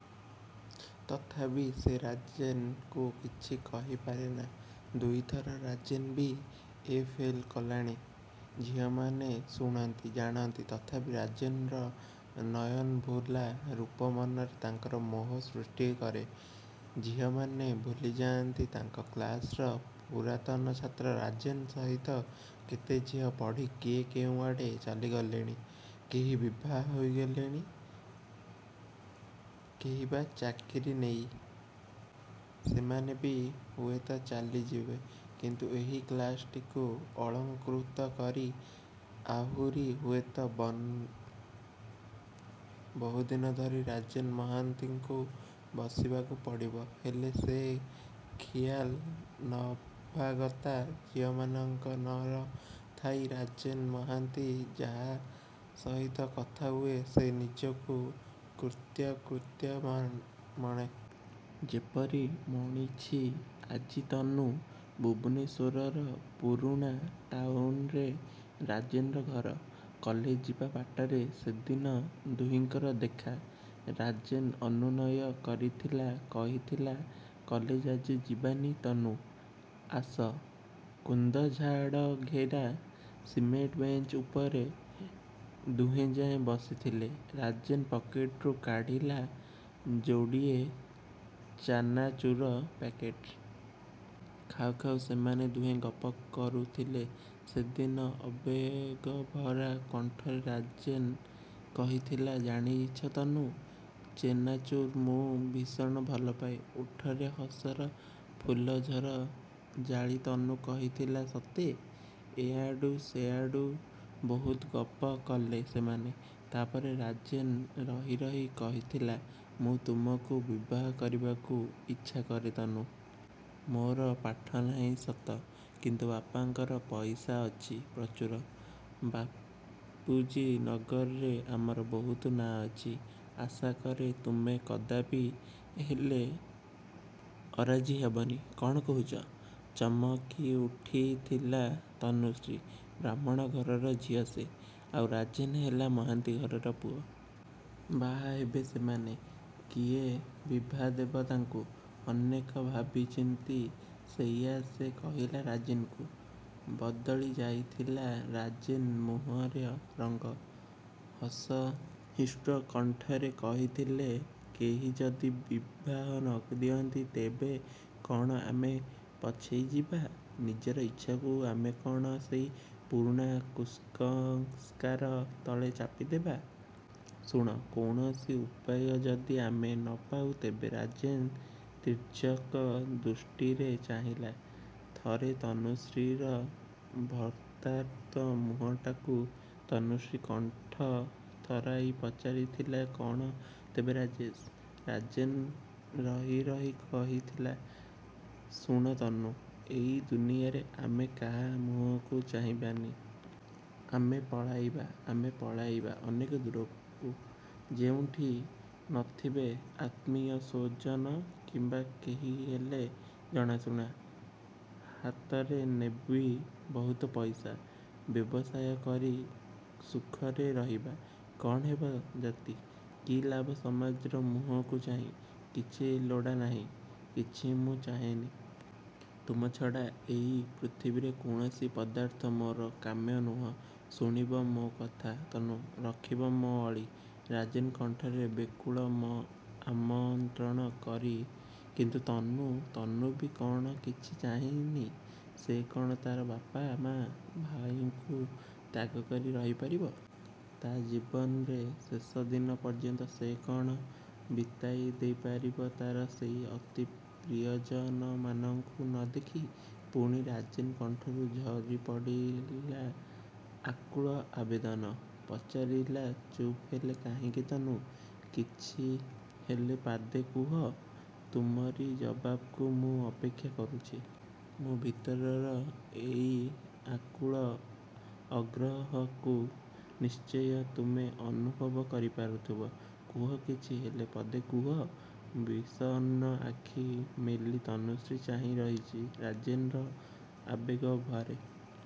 ତଥାପି ସେ ରାଜେନ୍ କୁ କିଛି କହିପାରେନା। ଦୁଇଥର ରାଜେନ୍ ବି. ଏ ଫେଲ୍ କଲାଣି। ଝିଅମାନେ ଶୁଣନ୍ତି, ଜାଣନ୍ତି ତଥାପି ରାଜେନର ନୟନଭୁଲା ରୂପ ମନରେ ତାଙ୍କର ମୋହ ସୃଷ୍ଟି କରେ। ଝିଅମାନେ ଭୁଲିଯାଆନ୍ତି ତାଙ୍କ କ୍ଲାସର ପୁରାତନ ଛାତ୍ର ରାଜେନ୍ ସହିତ କେତେ ଝିଅ ପଢ଼ି କିଏ କେଉଁଆଡ଼େ ଚାଲି ଗଲେଣି, କେହି ବିଭା ହୋଇ, କେହିବା ଚାକିରି ନେଇ। ସେମାନେ ବି ହୁଏତ ଚାଲିଯିବେ, କିନ୍ତୁ ଏହି କ୍ଲାସଟିକୁ ଅଳଙ୍କୃତ କରି ଆହୁରି ହୁଏତ ବହୁଦିନ ଧରି ରାଜେନ୍ ମହାନ୍ତିକୁ ବସିବାକୁ ପଡ଼ିବ। ହେଲେ ସେ ଖିଆଲ ନବାଗତା। ଝିଅମାନଙ୍କର ନ ଥାଏ। ରାଜେନ୍ ମହାନ୍ତି ଯାହା ସହିତ କଥା ହୁଏ। ସେ ନିଜକୁ କୃତ୍ୟକୃତ୍ୟ ମଣେ। ଯେପରି ମଣିଛି ଆଜି ତନୁ। ଭୁବନେଶ୍ୱରର ପୁରୁଣା ଟାଉନରେ ରାଜେନ୍ ର ଘର। କଲେଜ ଯିବା ବାଟରେ ସେଦିନ ଦୁହିଁଙ୍କର ଦେଖା। ରାଜେନ୍ ଅନୁନୟ କରିଥିଲା, କହିଥିଲା କଲେଜ ଆଜି ଯିବାନି ତନୁ। ଆସ, କୁନ୍ଦଝାଡ଼ଘେରା ସିମେଣ୍ଟ ବେଞ୍ଚ ଉପରେ ଦୁହେଁଯାଇ ବସିଥିଲେ। ରାଜେନ୍ ପକେଟରୁ କାଢ଼ିଲା ଯୋଡ଼ିଏ ଚାନାଚୂର ପ୍ୟାକେଟ୍। ଖାଉ ଖାଉ ସେମାନେ ଦୁହେଁ ଗପ କରୁଥିଲେ ସେଦିନ। ଆବେଗଭରା କଣ୍ଠରେ ରାଜେନ୍ କହିଥିଲା ଜାଣିଛ ତନୁ, ଚେନାଚୁର୍ ମୁଁ ଭୀଷଣ ଭଲପାଏ। ଓଠରେ ହସର ଫୁଲଝର ଜାଳି ତନୁ କହିଥିଲା ସତେ! ଏଆଡ଼ୁ ସେଆଡ଼ୁ ବହୁତ ଗପ କଲେ ସେମାନେ। ତା'ପରେ ରାଜେନ୍ ରହି ରହି କହିଥିଲା ମୁଁ ତୁମକୁ ବିବାହ କରିବାକୁ ଇଚ୍ଛାକରେ ତନୁ। ମୋର ପାଠନାହିଁ ସତ, କିନ୍ତୁ ବାପାଙ୍କର ପଇସା ଅଛି ପ୍ରଚୁର। ବାପୁଜୀ ନଗରରେ ଆମର ବହୁତ ନାଁ ଅଛି। ଆଶାକରେ ତୁମେ କଦାପି ହେଲେ ଅରାଜି ହେବନି। କ'ଣ କହୁଛ? ଚମକିଉଠିଥିଲା ତନୁଶ୍ରୀ। ବ୍ରାହ୍ମଣ ଘରର ଝିଅ ସେ! ଆଉ ରାଜେନ୍ ହେଲା ମହାନ୍ତି ଘରର ପୁଅ। ବାହାହେବେ ସେମାନେ! କିଏ ବିଭା ଦେବ ତାଙ୍କୁ? ଅନେକ ଭାବିଚିନ୍ତି ସେଇଆ ସେ କହିଲା ରାଜେନ୍ କୁ। ବଦଳି ଯାଇଥିଲା ରାଜେନ୍ ମୁହଁର ରଙ୍ଗ ଅସହିଷ୍ଣୁ କଣ୍ଠରେ କହିଥିଲା କେହି ଯଦି ବିବାହ ନ ଦିଅନ୍ତି, ତେବେ କ'ଣ ଆମେ ପଛେଇଯିବା? ନିଜର ଇଚ୍ଛାକୁ ଆମେ କ'ଣ ସେଇ ପୁରୁଣା କୁସଂସ୍କାର ତଳେ ଚାପିଦେବା? ଶୁଣ, କୌଣସି ଉପାୟ ଯଦି ଆମେ ନପାଉ ତେବେ। ରାଜେନ୍ ତୀର୍ଯ୍ୟକ ଦୃଷ୍ଟିରେ ଚାହିଁଲା ଥରେ ତନୁଶ୍ରୀର ଭୟାର୍ତ୍ତ ମୁହଁଟାକୁ। ତନୁଶ୍ରୀ କଣ୍ଠ ଥରାଇ ପଚାରିଥିଲା କ'ଣ ତେବେ ରାଜେନ୍? ରାଜେନ୍ ରହି ରହି କହିଥିଲା ଶୁଣ ତନୁ, ଏଇ ଦୁନିଆରେ ଆମେ କାହା ମୁହଁକୁ ଚାହିଁବାନି। ଆମେ ପଳାଇବା। ଆମେ ପଳାଇବା ଅନେକ ଦୂରକୁ। ଯେଉଁଠି ନଥିବେ ଆତ୍ମୀୟସ୍ୱଜନ କିମ୍ୱା କେହିହେଲେ ଜଣାଶୁଣା। ହାତରେ ନେବି ବହୁତ ପଇସା। ବ୍ୟବସାୟ କରି ସୁଖରେ ରହିବା। କ'ଣ ହେବ ଜାତି, କି ଲାଭ ସମାଜର ମୁହଁକୁ ଚାହିଁ। କିଛି ଲୋଡ଼ାନାହିଁ। କିଛି ମୁଁ ଚାହେଁନି। ତୁମ ଛଡ଼ା ଏଇ ପୃଥିବୀର କୌଣସି ପଦାର୍ଥ ମୋର କାମ୍ୟ ନୁହେଁ। ଶୁଣିବ ମୋ କଥା ତନୁ? ରଖିବ ମୋ ଅଳି? ରାଜେନ୍ କଣ୍ଠରେ ବ୍ୟାକୁଳ ଆମନ୍ତ୍ରଣ। କିନ୍ତୁ ତନୁ? ତନୁ ବି କ'ଣ କିଛି ଚାହେଁନି? ସେ କ'ଣ ତା'ର ବାପା, ମାଆ. ଭାଇଙ୍କୁ ତ୍ୟାଗକରି ରହିପାରିବ? ତା' ଜୀବନର ଶେଷଦିନ ପର୍ଯ୍ୟନ୍ତ ସେ କ'ଣ ବିତାଇ ଦେଇପାରିବ ତା'ର ସେଇ ଅତି ପ୍ରିୟଜନମାନଙ୍କୁ ନ ଦେଖି? ପୁଣି ରାଜେନ୍ କଣ୍ଠରୁ ଝରିପଡ଼ିଲା ଆକୁଳ ଆବେଦନ। ପଚାରିଲା ଚୁପ୍ ହେଲ କାହିଁକି ତନୁ? କିଛିହେଲେ ପଦେ କୁହ। ତୁମରି ଜବାବ୍ କୁ ମୁଁ ଅପେକ୍ଷା କରୁଛି। ମୋ ଭିତରର ଏଇ ଆକୁଳ ଆଗ୍ରହକୁ ନିଶ୍ଚୟ ତୁମେ ଅନୁଭବ କରିପାରୁଥିବ। କୁହ କିଛି ହେଲେ ପଦେ କୁହ! ବିଷନ୍ନ ଆଖି ମେଲି ତନୁଶ୍ରୀ ଚାହିଁ ରହିଛି ରାଜେନ୍ ର ଆବେଗଭରା